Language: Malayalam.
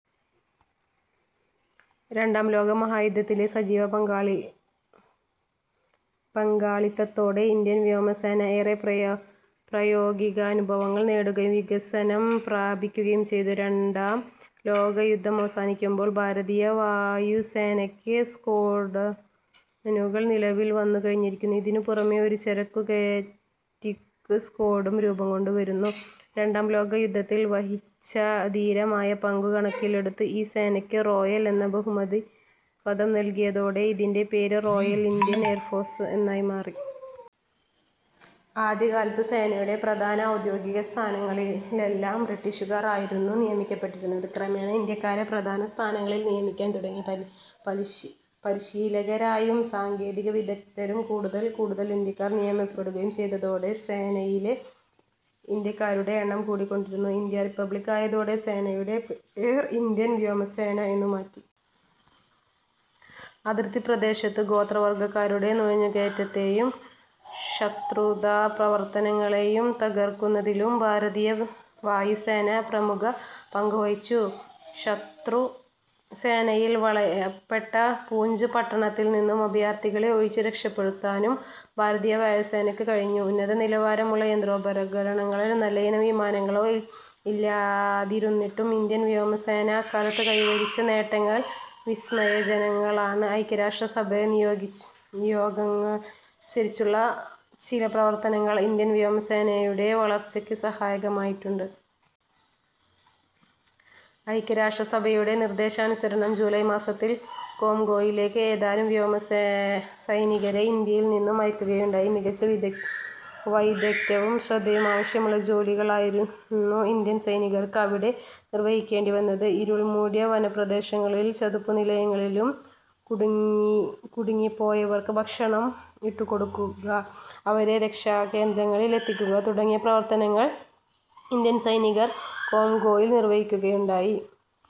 രണ്ടാംലോക മഹായുദ്ധത്തിലെ സജീവ പങ്കാളിത്തത്തോടെ ഇന്ത്യൻ വ്യോമസേന ഏറെ പ്രായോഗികാനുഭവങ്ങൾ നേടുകയും വികാസം പ്രാപിക്കുകയും ചെയ്തു. രണ്ടാം ലോകയുദ്ധം അവസാനിക്കുമ്പോൾ ഭാരതീയ വായുസേനക്ക് സ്ക്വാഡ്രനുകൾ നിലവിൽ വന്നുകഴിഞ്ഞിരുന്നു. ഇതിനും പുറമേ ഒരു ചരക്കു കയറ്റിറക്കു സ്ക്വാഡ്രനും രൂപംകൊണ്ടു വരുന്നുണ്ടായിരുന്നു. രണ്ടാം ലോകയുദ്ധത്തിൽ വഹിച്ച ധീരമായ പങ്കു കണക്കിലെടുത്ത് ഈ സേനയ്ക്ക് റോയൽ എന്ന ബഹുമതിപദം നൽകിയതോടെ ഇതിന്റെ പേര് റോയൽ ഇന്ത്യൻ എയർഫോഴ്സ് എന്നായി മാറി. ആദ്യകാലത്ത് സേനയുടെ പ്രധാന ഔദ്യോഗികസ്ഥാനങ്ങളിലെല്ലാം ബ്രിട്ടീഷുകാർ ആയിരുന്നു നിയമിക്കപ്പെട്ടിരുന്നത്. ക്രമേണ ഇന്ത്യാക്കാരെ പ്രധാന സ്ഥാനങ്ങളിൽ നിയമിക്കാൻ തുടങ്ങി. പരിശീലകരായും സാങ്കേതികവിദഗ്ദ്ധരായും കൂടുതൽ കൂടുതൽ ഇന്ത്യാക്കാർ നിയമിക്കപ്പെടുകയും ചെയ്തതോടെ സേനയിലെ ഇന്ത്യാക്കാരുടെ എണ്ണം കൂടിക്കൊണ്ടിരുന്നു. ഇന്ത്യ റിപ്പബ്ലിക്ക് ആയതോടെ സേനയുടെ പേർ ഇന്ത്യൻ വ്യോമസേന എന്നു മാറ്റി. അതിർത്തി പ്രദേശത്ത് ഗോത്രവർഗക്കാരുടെ നുഴഞ്ഞുകയറ്റത്തെയും ശത്രുതാപ്രവർത്തനങ്ങളെയും തകർക്കുന്നതിലും ഭാരതീയ വായുസേന പ്രമുഖമായ പങ്കു വഹിച്ചു. ശത്രുസേനയാൽ വളയപ്പെട്ട പൂഞ്ച് പട്ടണത്തിൽനിന്നും അഭയാർഥികളെ ഒഴിപ്പിച്ച് രക്ഷപ്പെടുത്താനും ഭാരതീയ വായുസേനയ്ക്ക് കഴിഞ്ഞു. ഉന്നതനിലവാരമുള്ള യന്ത്രോപകരണങ്ങളോ, നല്ലയിനം വിമാനങ്ങളോ ഇല്ലാതിരുന്നിട്ടും ഇന്ത്യൻ വ്യോമസേന അക്കാലത്തു കൈവരിച്ച നേട്ടങ്ങൾ വിസ്മയജനകങ്ങളാണ്. ഐക്യരാഷ്ട്രസഭയുടെ നിയോഗങ്ങളനുസരിച്ചുള്ള ചില പ്രവർത്തനങ്ങൾ ഇന്ത്യൻ വ്യോമസേനയുടെ വളർച്ചയ്ക്ക് സഹായകമായിട്ടുണ്ട്. ഐക്യരാഷ്ട്രസഭയുടെ നിർദ്ദേശാനുസരണം ജൂലായ് മാസത്തിൽ കോംഗോയിലേക്ക് ഏതാനും വ്യോമസൈനികരെ ഇന്ത്യയിൽ നിന്നും അയക്കുകയുണ്ടായി. മികച്ച വൈദഗ്ദ്ധ്യവും ശ്രദ്ധയും ആവശ്യമുള്ള ജോലികളായിരുന്നു ഇന്ത്യൻ സൈനികർക്ക് അവിടെ നിർവഹിക്കേണ്ടി വന്നത്. ഇരുൾമൂടിയ വനപ്രദേശങ്ങളിലും ചതുപ്പുനിലങ്ങളിലും കുടുങ്ങിപ്പോയവർക്ക് ഭക്ഷണം ഇട്ടുകൊടുക്കുക, അവരെ രക്ഷാകേന്ദ്രങ്ങളിൽ എത്തിക്കുക. തുടങ്ങിയ പ്രവർത്തനങ്ങൾ ഇന്ത്യൻ സൈനികർ കോംഗോയിൽ നിർവഹിക്കുകയുണ്ടായി.